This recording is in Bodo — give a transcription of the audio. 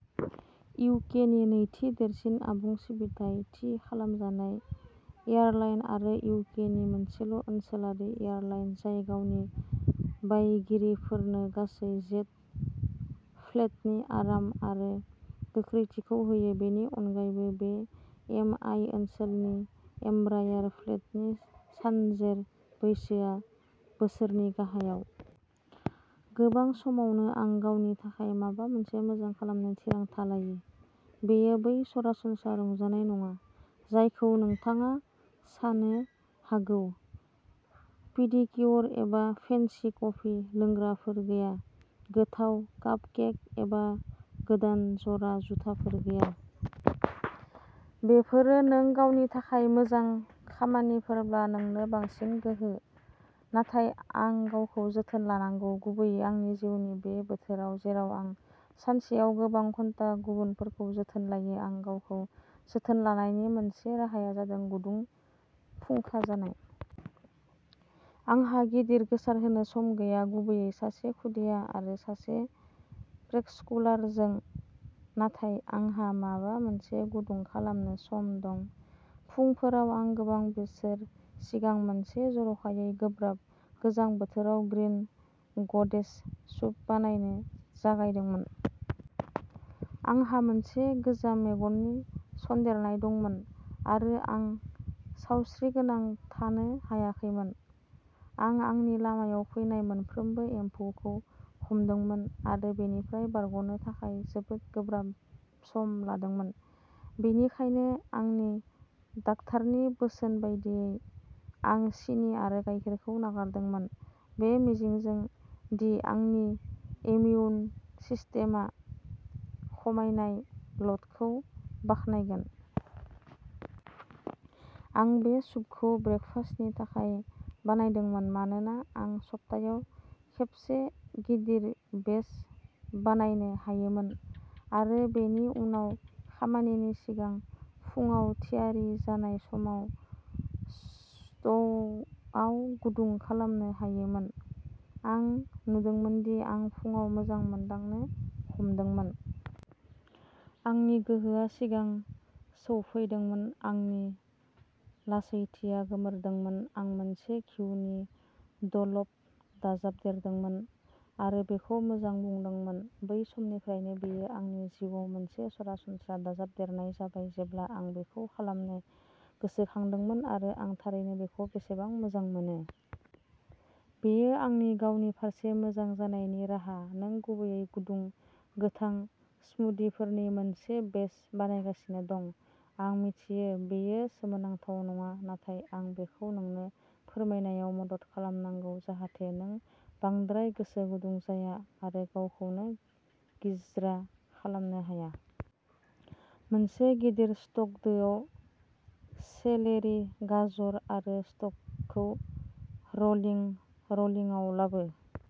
इउ. के. नि नैथि देरसिन आबुं सिबिथाइ थि खालामजानाय एयारलाइन आरो इउ. के. नि मोनसेल'ओनसोलारि एयारलाइन जाय गावनि बायगिरिफोरनो गासै जेट फ्लीटनि आराम आरो गोख्रैथिखौ होयो। बेनि अनगायैबो, बि. एम. आइ. ओनसोलारि एम्ब्रायार फ्लीटनि सानजेर बैसोआ बोसोरनि गाहायाव। गोबां समावनो, आं गावनि थाखाय माबा मोनसे मोजां खालामनो थिरांथा लायो। बेयो बै सरासनस्रा रंजानाय नङा जायखौ नोंथाङा सानो हागौ। पेडिक्य'र एबा फेन्सि कफि लोंग्राफोर गैया। गोथाव कापकेक एबा गोदान जरा जुथाफोर गैया। बेफोरो नों गावनि थाखाय मोजां खामानिफोरब्ला, नोंनो बांसिन गोहो। नाथाय आं गावखौ जोथोन लानांगौ, गुबैयै आंनि जिउनि बे बोथोराव जेराव आं सानसेयाव गोबां घन्टा गुबुनफोरखौ जोथोन लायो। आं गावखौ जोथोन लानायनि मोनसे राहाया जादों गुदुं फुंखाजानाय। आंहा गिदिर गोसारहोनो सम गैया, गुबैयै सासे खुदिया आरो सासे प्रिस्कुलारजों। नाथाय आंहा माबा मोनसे गुदुं खालामनो सम दं। फुंफोराव। आं गोबां बोसोर सिगां मोनसे जर'खायै गोब्राब गोजां बोथोराव ग्रीन ग'देज सुप बानायनो जागायदोंमोन। आंहा मोनसे गोजाम मेगननि सन्देरनाय दंमोन आरो आं सावस्रिगोनां थानो हायाखैमोन। आं आंनि लामायाव फैनाय मोनफ्रोमबो एम्फौखौ हमदोंमोन आरो बेनिफ्राय बारग'नो थाखाय जोबोद गोब्राब सम लादोंमोन। बेनिखायनो, आंनि डाक्टारनि बोसोन बायदियै, आं सिनि आरो गायखेरखौ नागारदोंमोन बे मिजिंजों दि आंनि इमिउन सिस्टेमआ खमायनाय ल'डखौ बाख्नायगोन। आं बे सुपखौ ब्रेकफास्टनि थाखाय बानायदोंमोन मानोना आं सप्तायाव खेबसे गिदिर बेच बानायनो हायोमोन आरो बेनि उनाव खामानिनि सिगां फुंआव थियारि जानाय समाव स्ट'वआव गुदुं खालामनो हायोमोन। आं नुदोंमोन दि आं फुंआव मोजां मोनदांनो हमदोंमोन। आंनि गोहोआ सिगां सौफैदोंमोन, आंनि लासैथिया गोमोरदोंमोन। आं मोनसे घिउनि द'ल'प दाजाबदेरदोंमोन आरो बेखौ मोजां बुंदोंमोन। बै समनिफ्रायनो, बेयो आंनि जिउआव मोनसे सरासनस्रा दाजाबदेरनाय जाबाय जेब्ला आं बेखौ खालामनो गोसोखांदोंमोन आरो आं थारैनो बेखौ बेसेबां मोजां मोनो। बेयो आंनि गावनि फारसे मोजां जानायनि राहा। नों गुबैयै गुदुं, गोथां स्मूदिफोरनि मोनसे बेच बानायगासिनो दं। आं मिथियो, बेयो सोमोनांथाव नङा, नाथाय आं बेखौ नोंनो फोरमायनायाव मदद खालामनांगौ जाहाथे नों बांद्राय गोसो गुदुं जाया आरो गावखौनो गिज्रा खालामनो हाया। मोनसे गिदिर स्टक दोआव, सेलेरि, गाजर आरो स्टकखौ र'लिं र'लिंआव लाबो।